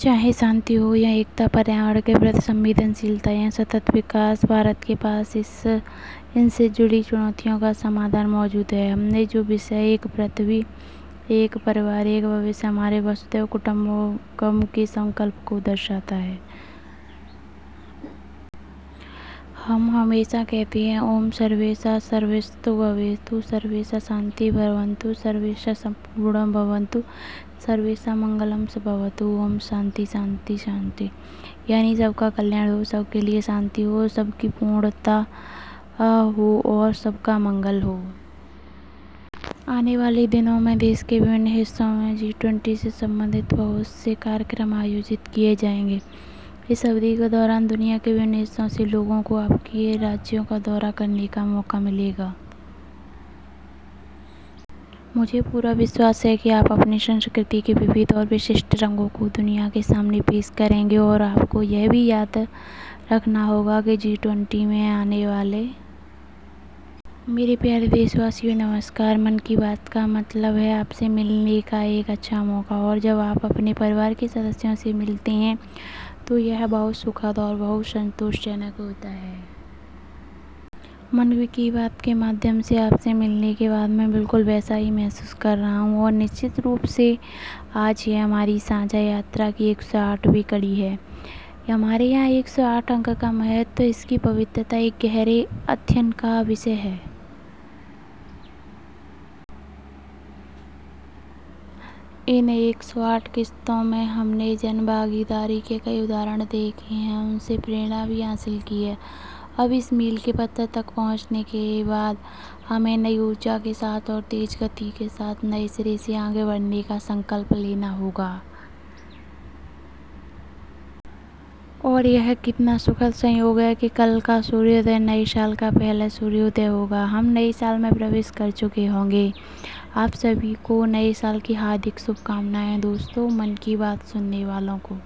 چاہے امن ہو یا اتحاد، ماحولیات کے تئیں حساسیت، یا پائیدار ترقی، بھارت کے پاس ان سے متعلق چیلنجوں کا حل موجود ہے۔ ہم نے جو موضوع دیا ہے، "ایک زمین، ایک خاندان، ایک مستقبل"، وہ ہمارے وسودھیو کٹمبکم کے عہد کا اظہار کرتا ہے۔ ہم ہمیشہ کہتے ہیں: اوم سرویشم سواستیربھواتو، سرویشم شانتی بھواتو، سرویشم پورنم بھواتو، سرویشم منگلم بھواتو، اوم شانتی: شانتی: شانتی: یعنی سب کی بھلائی ہو، سب کے لیے امن ہو، سب کی تکمیل ہو اور سب کی بھلائی ہو۔ آنے والے دنوں میں ملک کے مختلف حصوں میں جی ٹوئنٹی سے متعلق بہت سے پروگرام منعقد کیے جائیں گے۔ اس عرصے کے دوران دنیا کے مختلف حصوں سے لوگوں کو آپ کی ریاستوں کا دورہ کرنے کا موقع ملے گا۔ مجھے یقین ہے کہ آپ اپنی ثقافت کے متنوع اور مخصوص رنگوں کو دنیا کے سامنے پیش کریں گے، اور آپ کو یہ بھی یاد رکھنا ہوگا کہ جی ٹوئنٹی میں آنے والے۔ میرے پیارے ہم وطنو! نمسکار۔ 'من کی بات' کا مطلب ہے آپ سے ملنے کا ایک اچھا موقع، اور جب آپ اپنے خاندان کے افراد سے ملتے ہیں، تو یہ بہت خوش کن، بہت اطمینان بخش ہوتا ہے۔ 'من کی بات' کے ذریعے آپ سے ملنے کے بعد میں بالکل ایسا ہی محسوس کر رہا ہوں۔ اور یقیناً آج یہ ہمارے مشترکہ سفر کی ایک سو آٹھویں قسط ہے۔ ہمارے یہاں ایک سو آٹھ عدد کی اہمیت، اس کی پاکیزگی ایک گہرے مطالعے کا موضوع ہے۔ ان ایک سو آٹھ قسطوں میں ہم نے عوامی شراکت داری کی اتنی ہی مثالیں دیکھی ہیں، ان سے تحریک بھی حاصل کی ہے۔ اب اس سنگِ میل تک پہنچنے کے بعد، ہمیں نئی توانائی کے ساتھ اور تیز رفتاری کے ساتھ نئے سرے سے آگے بڑھنے کا عزم کرنا ہوگا۔ اور یہ کتنا خوشگوار اتفاق ہے کہ کل کا طلوعِ آفتاب نئے سال کا پہلا طلوعِ آفتاب ہوگا – ہم نئے سال میں داخل ہو چکے ہوں گے۔ آپ سب کو نئے سال کے لیے نیک خواہشات۔ دوستو، 'من کی بات' سننے والے...